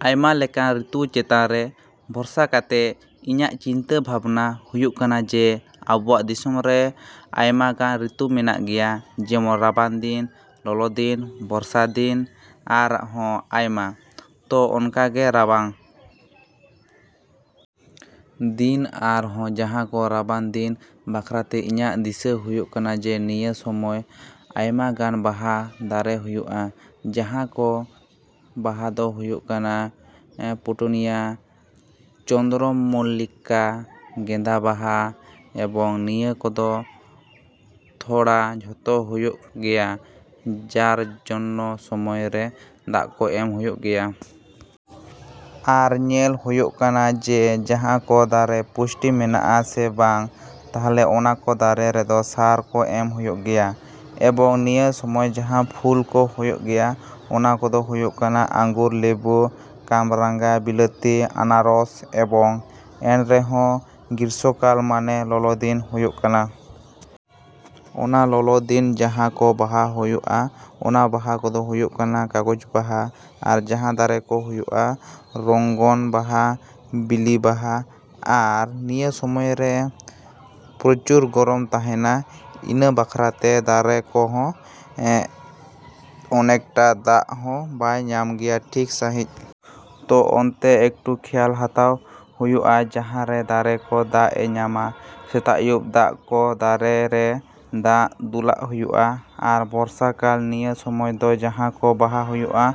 ᱟᱭᱢᱟ ᱞᱮᱠᱟᱱ ᱨᱤᱛᱩ ᱪᱮᱛᱟᱱ ᱨᱮ ᱵᱷᱚᱨᱥᱟ ᱠᱟᱛᱮᱫ ᱤᱧᱟᱹᱜ ᱪᱤᱱᱛᱟᱹ ᱵᱷᱟᱵᱽᱱᱟ ᱦᱩᱭᱩᱜ ᱠᱟᱱᱟ ᱡᱮ ᱟᱵᱚᱣᱟᱜ ᱫᱤᱥᱚᱢ ᱨᱮ ᱟᱭᱢᱟᱜᱟᱱ ᱨᱤᱛᱩ ᱢᱮᱱᱟᱜ ᱜᱮᱭᱟ, ᱡᱮᱢᱚᱱ ᱨᱟᱵᱟᱝ ᱫᱤᱱ, ᱞᱚᱞᱚ ᱫᱤᱱ, ᱵᱚᱨᱥᱟ ᱫᱤᱱ ᱟᱨ ᱦᱚᱸ ᱟᱭᱢᱟ᱾ ᱛᱚ ᱚᱱᱠᱟᱜᱮ ᱨᱟᱵᱟᱝ ᱫᱤᱱ ᱟᱨ ᱦᱚᱸ ᱡᱟᱦᱟᱸ ᱠᱚ ᱨᱟᱵᱟᱝ ᱫᱤᱱ ᱵᱟᱠᱷᱨᱟᱛᱮ ᱤᱧᱟᱹᱜ ᱫᱤᱥᱟᱹ ᱦᱩᱭᱩᱜ ᱠᱟᱱᱟ ᱡᱮ ᱱᱤᱭᱟᱹ ᱥᱚᱢᱚᱭ ᱟᱭᱢᱟᱜᱟᱱ ᱵᱟᱦᱟ ᱫᱟᱨᱮ ᱦᱩᱭᱩᱜᱼᱟ ᱡᱟᱦᱟᱸ ᱠᱚ ᱵᱟᱦᱟ ᱫᱚ ᱦᱩᱭᱩᱜ ᱠᱟᱱᱟ ᱯᱤᱴᱩᱱᱤᱭᱟ, ᱪᱚᱱᱫᱽᱨᱚᱢᱚᱞᱞᱤᱠᱟ, ᱜᱮᱸᱫᱟ ᱵᱟᱦᱟ ᱮᱵᱚᱝ ᱱᱤᱭᱟᱹ ᱠᱚᱫᱚ ᱛᱷᱚᱲᱟ ᱡᱚᱛᱚᱱ ᱦᱩᱭᱩᱜ ᱜᱮᱭᱟ ᱡᱟᱨ ᱡᱚᱱᱱᱚ ᱥᱚᱢᱚᱭ ᱨᱮ ᱫᱟᱜ ᱠᱚ ᱮᱢ ᱦᱩᱭᱩᱜ ᱜᱮᱭᱟ᱾ ᱟᱨ ᱧᱮᱞ ᱦᱩᱭᱩᱜᱼᱟ ᱡᱮ ᱡᱟᱦᱟᱸ ᱠᱚ ᱫᱟᱨᱮ ᱯᱩᱥᱴᱤ ᱢᱮᱱᱟᱜᱼᱟ ᱥᱮ ᱵᱟᱝ, ᱛᱟᱦᱞᱮ ᱚᱱᱟ ᱠᱚ ᱫᱟᱨᱮ ᱨᱮᱫᱚ ᱥᱟᱨ ᱠᱚ ᱮᱢ ᱦᱩᱭᱩᱜ ᱜᱮᱭᱟ᱾ ᱮᱵᱚᱝ ᱱᱤᱭᱟᱹ ᱥᱚᱢᱚᱭ ᱡᱟᱦᱟᱸ ᱯᱷᱩᱞ ᱠᱚ ᱦᱩᱭᱩᱜ ᱜᱮᱭᱟ ᱚᱱᱟ ᱠᱚᱫᱚ ᱦᱩᱭᱩᱜ ᱠᱟᱱᱟ ᱟᱸᱜᱩᱨ, ᱞᱮᱵᱩ, ᱠᱟᱢᱨᱟᱝᱟ, ᱵᱤᱞᱟᱛᱤ, ᱟᱱᱟᱨᱚᱥ ᱮᱵᱚᱝ ᱮᱱᱨᱮᱦᱚᱸ ᱜᱨᱤᱥᱥᱚ ᱠᱟᱞ ᱢᱟᱱᱮ ᱞᱚᱞᱚ ᱫᱤᱱ ᱦᱩᱭᱩᱜ ᱠᱟᱱᱟ᱾ ᱚᱱᱟ ᱞᱚᱞᱚ ᱫᱤᱱ ᱡᱟᱦᱟᱸ ᱠᱚ ᱵᱟᱦᱟ ᱦᱩᱭᱩᱜᱼᱟ ᱚᱱᱟ ᱵᱟᱦᱟ ᱠᱚᱫᱚ ᱦᱩᱭᱩᱜ ᱠᱟᱱᱟ ᱠᱟᱜᱚᱡᱽ ᱵᱟᱦᱟ ᱟᱨ ᱡᱟᱦᱟᱸ ᱫᱟᱨᱮ ᱠᱚ ᱦᱩᱭᱩᱜᱼᱟ ᱨᱚᱝᱜᱚᱱ ᱵᱟᱦᱟ, ᱵᱤᱞᱤ ᱵᱟᱦᱟ᱾ ᱟᱨ ᱱᱤᱭᱟᱹ ᱥᱚᱢᱚᱭ ᱫᱚ ᱯᱨᱚᱪᱩᱨ ᱜᱚᱨᱚᱢ ᱛᱟᱦᱮᱸᱱᱟ, ᱤᱱᱟᱹ ᱵᱟᱠᱷᱨᱟᱛᱮ ᱫᱟᱨᱮ ᱠᱚᱦᱚᱸ ᱚᱱᱮᱠᱴᱟ ᱫᱟᱜ ᱦᱚᱸ ᱵᱟᱭ ᱧᱟᱢ ᱜᱮᱭᱟ ᱴᱷᱤᱠ ᱥᱟᱹᱦᱤᱡ᱾ ᱛᱚ ᱚᱱᱛᱮ ᱮᱠᱴᱩ ᱠᱷᱮᱭᱟᱞ ᱦᱟᱛᱟᱣ ᱦᱩᱭᱩᱜᱼᱟ ᱡᱟᱦᱟᱸ ᱛᱮ ᱫᱟᱨᱮ ᱠᱚ ᱫᱟᱜ ᱮ ᱧᱟᱢᱟ᱾ ᱥᱮᱛᱟᱜ ᱟᱭᱩᱵ ᱫᱟᱜ ᱠᱚ ᱫᱟᱨᱮ ᱨᱮ ᱫᱟᱜ ᱫᱩᱞᱟᱜ ᱦᱩᱭᱩᱜᱼᱟ᱾ ᱟᱨ ᱵᱚᱨᱥᱟ ᱠᱟᱞ ᱱᱤᱭᱟᱹ ᱥᱚᱢᱚᱭ ᱫᱚ ᱡᱟᱦᱟᱸ ᱠᱚ ᱵᱟᱦᱟ ᱦᱩᱭᱩᱜᱼᱟ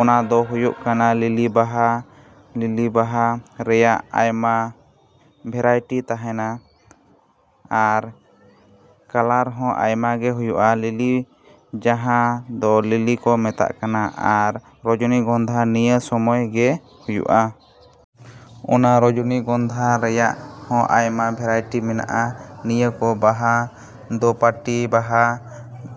ᱚᱱᱟ ᱫᱚ ᱦᱩᱭᱩᱜ ᱠᱟᱱᱟ ᱞᱤᱞᱤ ᱵᱟᱦᱟ ᱟᱨ ᱞᱤᱞᱤ ᱵᱟᱦᱟ ᱨᱮᱭᱟᱜ ᱫᱚ ᱟᱭᱢᱟ ᱵᱷᱮᱨᱟᱭᱴᱤ ᱛᱟᱦᱮᱸᱱᱟ ᱟᱨ ᱠᱟᱞᱟᱨ ᱦᱚᱸ ᱟᱭᱢᱟᱜᱮ ᱦᱩᱭᱩᱜᱼᱟ ᱞᱤᱞᱤ ᱡᱟᱦᱟᱸ ᱫᱚ ᱞᱤᱞᱤ ᱠᱚ ᱢᱮᱛᱟᱜ ᱠᱟᱱᱟ ᱟᱨ ᱨᱚᱡᱚᱱᱤ ᱜᱚᱱᱫᱷᱟ ᱱᱤᱭᱟᱹ ᱥᱚᱢᱚᱭ ᱜᱮ ᱦᱩᱭᱩᱜᱼᱟ᱾ ᱚᱱᱟ ᱨᱚᱡᱚᱱᱤ ᱜᱚᱱᱫᱷᱟ ᱨᱮᱭᱟᱜ ᱦᱚᱸ ᱟᱭᱢᱟ ᱵᱷᱮᱨᱟᱭᱴᱤ ᱢᱮᱱᱟᱜᱼᱟ᱾ ᱱᱤᱭᱟᱹ ᱠᱚ ᱵᱟᱦᱟ ᱫᱳᱯᱟᱴᱤ ᱵᱟᱦᱟ,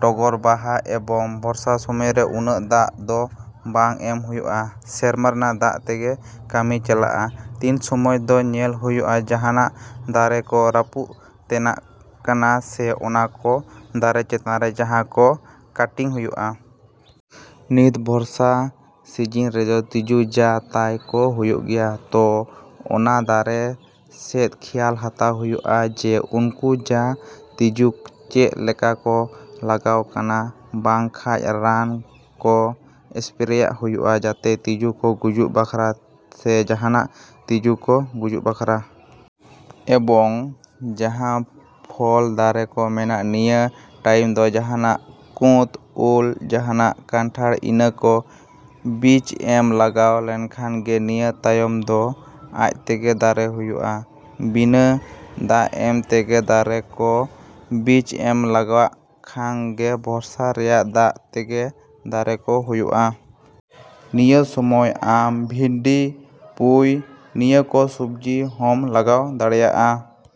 ᱴᱚᱜᱚᱨ ᱵᱟᱦᱟ ᱮᱵᱚᱝ ᱵᱚᱨᱥᱟ ᱥᱚᱢᱚᱭ ᱫᱚ ᱩᱱᱟᱹᱜ ᱫᱟᱜ ᱫᱚ ᱵᱟᱝ ᱮᱢ ᱦᱩᱭᱩᱜᱼᱟ, ᱥᱮᱨᱢᱟ ᱨᱮᱭᱟᱜ ᱫᱟᱜ ᱛᱮᱜᱮ ᱠᱟᱢᱤ ᱪᱟᱞᱟᱜᱼᱟ᱾ ᱛᱤᱱ ᱥᱚᱢᱚᱭ ᱫᱚ ᱧᱮᱞ ᱦᱩᱭᱩᱜᱼᱟ ᱡᱟᱦᱟᱸᱱᱟᱜ ᱫᱟᱨᱮ ᱠᱚ ᱨᱟᱯᱩᱜ ᱛᱮᱱᱟᱜ ᱠᱟᱱᱟ ᱥᱮ ᱚᱱᱟ ᱠᱚ ᱫᱟᱨᱮ ᱪᱮᱛᱟᱱ ᱨᱮ ᱡᱟᱦᱟᱸ ᱠᱚ ᱠᱟᱴᱤᱝ ᱦᱩᱭᱩᱜᱼᱟ᱾ ᱱᱤᱛ ᱵᱚᱨᱥᱟ ᱥᱤᱡᱤᱱ ᱨᱮᱫᱚ ᱛᱤᱡᱩ ᱡᱟ ᱛᱟᱭ ᱠᱚ ᱦᱩᱭᱩᱜ ᱜᱮᱭᱟ ᱛᱚ ᱚᱱᱟ ᱫᱟᱨᱮ ᱥᱮᱫ ᱠᱷᱮᱭᱟᱞ ᱦᱟᱛᱟᱣ ᱦᱩᱭᱩᱜᱼᱟ ᱡᱮ ᱩᱱᱠᱩ ᱡᱟ ᱛᱤᱡᱩ ᱪᱮᱫ ᱞᱮᱠᱟ ᱠᱚ ᱞᱟᱜᱟᱣ ᱠᱟᱱᱟ, ᱵᱟᱝ ᱠᱷᱟᱡ ᱨᱟᱱ ᱠᱚ ᱥᱯᱨᱮᱭᱟᱜ ᱦᱩᱭᱩᱜᱼᱟ ᱡᱟᱛᱮ ᱛᱤᱡᱩ ᱠᱚ ᱜᱩᱡᱩᱜ ᱵᱟᱠᱷᱨᱟ ᱥᱮ ᱡᱟᱦᱟᱸᱱᱟᱜ ᱛᱤᱡᱩ ᱠᱚ ᱜᱩᱡᱩᱜ ᱵᱟᱠᱷᱨᱟ᱾ ᱮᱵᱚᱝ ᱡᱟᱦᱟᱸ ᱯᱷᱚᱞ ᱫᱟᱨᱮ ᱠᱚ ᱢᱮᱱᱟᱜ ᱱᱤᱭᱟᱹ ᱴᱟᱭᱤᱢ ᱫᱚ ᱡᱟᱦᱟᱸᱱᱟᱜ ᱠᱩᱛ, ᱩᱞ, ᱡᱟᱦᱟᱸᱱᱟᱜ ᱠᱟᱱᱴᱷᱟᱲ ᱤᱱᱟᱹ ᱠᱚ ᱵᱤᱪ ᱮᱢ ᱞᱟᱜᱟᱣ ᱞᱮᱠᱷᱟᱱ ᱜᱮ ᱱᱤᱭᱟᱹ ᱛᱟᱭᱚᱢ ᱫᱚ ᱟᱡ ᱛᱮᱜᱮ ᱫᱟᱨᱮ ᱦᱩᱭᱩᱜᱼᱟ᱾ ᱵᱤᱱᱟᱹ ᱫᱟᱜ ᱮᱢ ᱛᱮᱜᱮ ᱫᱟᱨᱮ ᱠᱚ ᱵᱤᱪ ᱮᱢ ᱞᱟᱜᱟᱣᱟᱜ ᱠᱷᱟᱱ ᱜᱮ ᱵᱚᱨᱥᱟ ᱨᱮᱭᱟᱜ ᱫᱟᱜ ᱛᱮᱜᱮ ᱫᱟᱨᱮ ᱫᱚ ᱦᱩᱭᱩᱜᱼᱟ᱾ ᱱᱤᱭᱟᱹ ᱥᱚᱢᱚᱭ ᱟᱢ ᱵᱷᱤᱱᱰᱤ, ᱯᱩᱭ ᱱᱤᱭᱟᱹ ᱠᱚ ᱥᱚᱵᱽᱡᱤ ᱦᱚᱸᱢ ᱞᱟᱜᱟᱣ ᱫᱟᱲᱮᱭᱟᱜᱼᱟ।